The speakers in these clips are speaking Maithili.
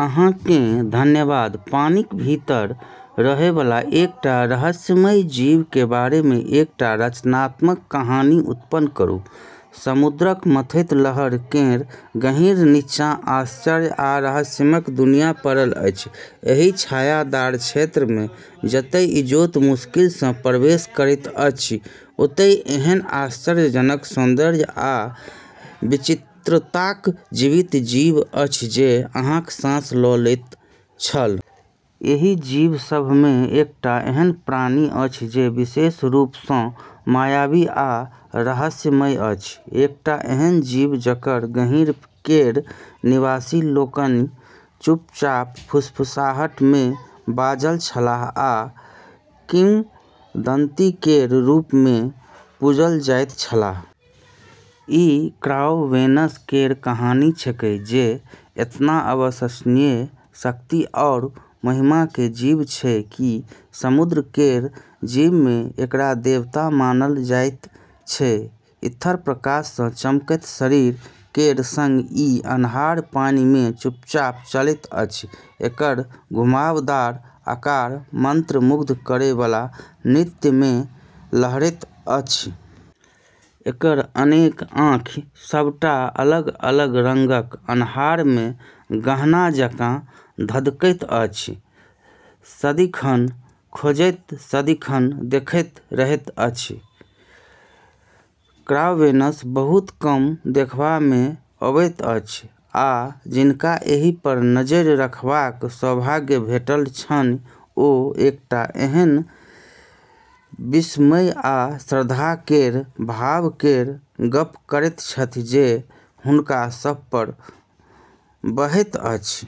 अहाँ केँ धन्यवाद। पानिक भीतर रहय वाला एकटा रहस्यमयी जीव के बारे मे एकटा रचनात्मक कहानी उत्पन्न करू। समुद्रक मथैत लहर केर गहींर नीचाँ आश्चर्य आ रहस्यक दुनिया पड़ल अछि। एहि छायादार क्षेत्र मे जतय इजोत मुश्किल सँ प्रवेश करैत अछि, ओतय एहन आश्चर्यजनक सौन्दर्य आ विचित्रताक जीवित जीव अछि जे अहाँक साँस ल' लैत छल। एहि जीव सभ मे एकटा एहन प्राणी अछि जे विशेष रूप सँ मायावी आ रहस्यमयी अछि। एकटा एहन जीव जकर गहींर केर निवासी लोकनि चुपचाप फुसफुसाहट मे बाजल छलाह, आ किंवदंती केर रूप मे पूजल जाइत छलाह। ई क्रावेनस केर कहानी छेकै, जे एतना अविश्वसनीय शक्ति आरू महिमा के जीव छै कि समुद्र केर जीव मे एकरा देवता मानल जाइत छै। ईथर प्रकाश सँ चमकैत शरीर केर संग ई अन्हार पानि मे चुपचाप चलैत अछि, एकर घुमावदार आकार मंत्रमुग्ध करै बला नृत्य मे लहरैत अछि। एकर अनेक आँखि, सबटा अलग-अलग रंगक, अन्हार मे गहना जकाँ धधकैत अछि, सदिखन खोजैत, सदिखन देखैत रहैत अछि। क्रावेनस बहुत कम देखबा मे अबैत अछि, आ जिनका एहि पर नजरि रखबाक सौभाग्य भेटल छनि, ओ एकटा एहन विस्मय आ श्रद्धा केर भाव केर गप्प करैत छथि जे हुनका सभ पर बहैत अछि।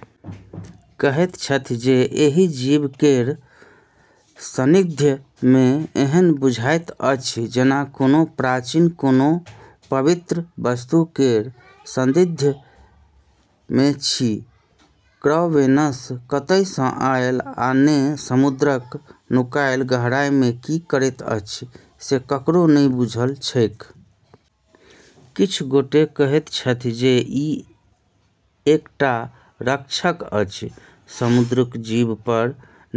कहैत छथि जे एहि जीव केर सान्निध्य मे एहन बुझाइत अछि जेना कोनो प्राचीन, कोनो पवित्र वस्तु केर सान्निध्य मे छी। क्रावेनस कतय सँ आयल, आ ने समुद्रक नुकायल गहराई मे की करैत अछि से ककरो नहि बुझल छैक। किछु गोटे कहैत छथि जे ई एकटा रक्षक अछि, समुद्रक जीव पर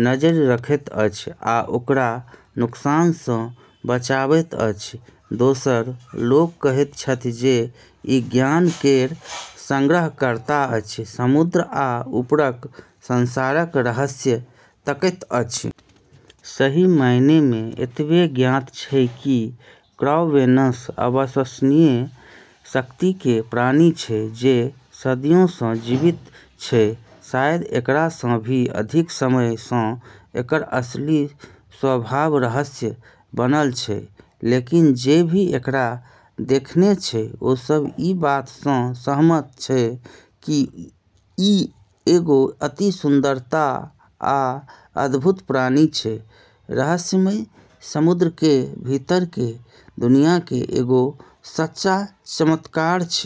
नजरि रखैत अछि आ ओकरा नुकसान सँ बचाबैत अछि। दोसर लोक कहैत छथि जे ई ज्ञान केर संग्रहकर्ता अछि, समुद्र आ ऊपरक संसारक रहस्य तकैत अछि। सही मायने मे एतबे ज्ञात छै कि क्रावेनस अविश्वसनीय शक्ति के प्राणी छै, जे सदियो सँ जीवित छै, शायद एकरा सँ भी अधिक समय सँ। एकर असली स्वभाव रहस्य बनल छै, लेकिन जे भी एकरा देखने छै, ओ सब ई बात सँ सहमत छै कि ई एगो अति सुंदरता आ अद्भुत प्राणी छै, रहस्यमय समुद्र के भीतर के दुनिया के एगो सच्चा चमत्कार छै।